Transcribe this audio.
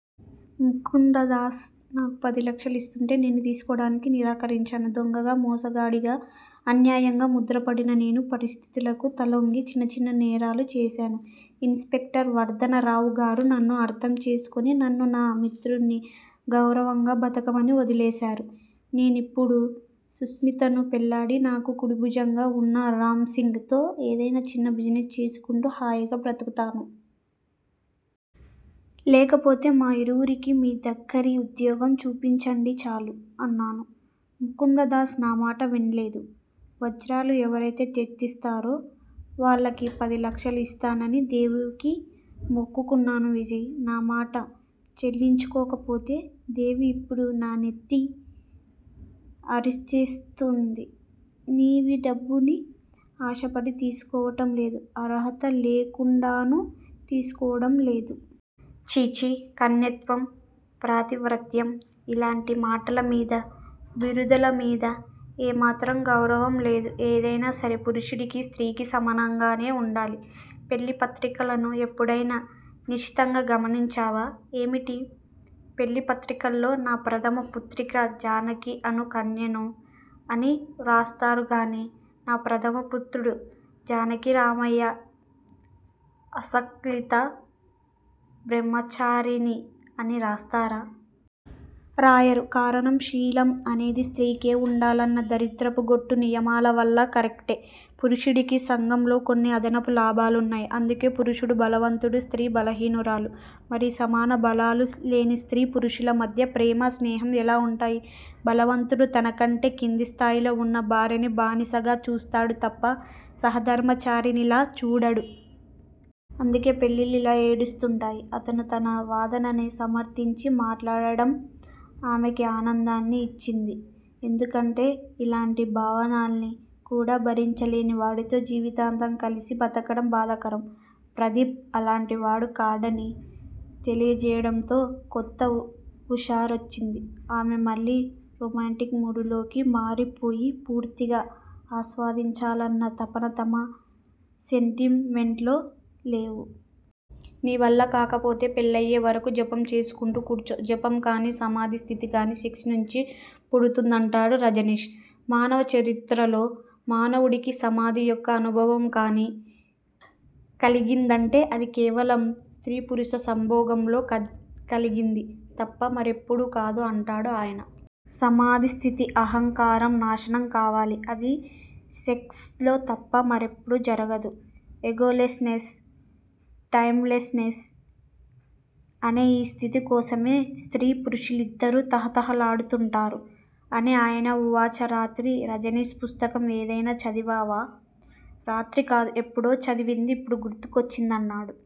ముకుందదాస్ నాకు పదిలక్షలు ఇస్తూంటే నేను తీసుకోడానికి నిరాకరించాను. దొంగగా, మోసగాడిగా అన్యాయంగ ముద్రింపబడిన నేను పరిస్థితులకు తలొగ్గి చిన్న చిన్న నేరాలు చేశాను. ఇన్ స్పెక్టర్ వర్ధనరావుగారు నన్ను అర్థంచేసుకుని నన్ను, నా మిత్రుణ్ణి గౌరవంగా బ్రతకమని వదిలేశారు. నేనిప్పుడు సుస్మితను పెళ్ళాడి నాకు కుడిభుజంగ వున్న రాంసింగ్ తో ఏదన్నా చిన్న బిజినెస్ చేసుకుంటూ హాయిగా బ్రతుకుతాను. లేకపోతే మా ఇరువురికి మీదగ్గరి ఉద్యోగం చూపించండి చాలు అన్నాను. ముకుందదాస్ నామాట విన్లేదు. వజ్రాలు ఎవరైతే తెచ్చిస్తారో వాళ్ళకి పదిలక్షలు ఇస్తానని దేవికి మొక్కుకున్నాను విజయ్! నామాట చెల్లించుకోకపోతే దేవి ఇప్పుడు నానెత్తి అరిచేస్తుంది. నీవీ డబ్బుని ఆశపడి తీసుకోవడం లేదు. అర్హత లేకుండానూ తీసుకోవడం లేదు. ఛీఛీ- కన్యత్వం- పాతివ్రత్యం- ఇలాంటి మాటలమీద, బిరుదుల మీద ఏ మాత్రం గౌరవం లేదు. ఏదైనా సరే పురుషుడికీ, స్త్రీకి సమానంగానే వుండాలి. పెళ్ళి పత్రికలను ఎప్పుడైనా నిశితంగా గమనించావా? ఏమిటి? పెళ్ళి పత్రికల్లో నా ప్రథమ పుత్రిక జానకి అను కన్యను అని రాస్తారుగానీ నా ప్రధమ పుత్రుడు జానకిరామయ్య అస్కలిత బ్రహ్మచారిని అని రాస్తారా? రాయరు కారణం శీలం అనేది స్త్రీకే వుండాలన్న దరిద్రపు గొట్టు నియమాలవల్ల కరెక్టే. పురుషుడికి సంఘంలో కొన్ని అదనపు లాభాలున్నాయి. అందుకే పురుషుడు బలవంతుడు. స్త్రీ బలహీనురాలు. మరి సమాన బలబలాలు లేని స్త్రీ పురుషుల మధ్య ప్రేమా, స్నేహం ఎలా వుంటాయి? బలవంతుడు తనకంటే కిందిస్థాయిలో వున్న భార్యని బానిసగా చూస్తాడు తప్ప సహాధర్మచారిణిలా చూడడు. అందుకే పెళ్ళిళ్ళు ఇలా ఏడుస్తుంటాయి. అతను తన వాదనని సమర్ధించి మాట్లాడడం ఆమెకి ఆనందాన్ని ఇచ్చింది. ఎందుకంటే ఇలాంటి భావాల్ని కూడా భరించలేనివాడితో జీవితాంతం కలిసి బతకడం బాధాకరం. ప్రదీప్ అలాంటివాడు కాడని తెలియడంతో కొత్త హుషారొచ్చింది. ఆమె మళ్ళీ రొమాంటిక్ మూడ్ లోకి మారిపోయి పూర్తిగా ఆస్వాదించాలన్న తపన తప్ప సెంటిమెంట్లేం లేవు. నీవల్ల కాకపోతే పెళ్ళయ్యే వరకు జపం చేసుకుంటూ కూర్చో. జపం కానీ సమాధి స్థితిగానీ సెక్స్ నుంచే పుడుతుందంటాడు రజనీష్. మానవ చరిత్రలో మానవుడికి సమాధి యొక్క అనుభవం గానీ కలిగిందంటే అది కేవలం స్త్రీ పురుష సంభోగంలో కలిగింది తప్ప మరెప్పుడూ కాదు అంటాడు ఆయన. సమాధి స్థితి అహంకారం నాశనం కావాలి. అది సెక్స్ లో తప్ప మరెప్పుడూ జరగదు. Egolessness, timelessness అనే ఈ స్థితి కోసమే స్త్రీ పురుషులిద్దరూ తహతహలాడుతుంటారు అని ఆయన ఉవాచ రాత్రి రజనీష్ పుస్తకం ఏదైనా చదివావా? రాత్రి కాదు- ఎప్పుడో చదివింది ఇప్పుడు గుర్తుకొచ్చింది అన్నాడు.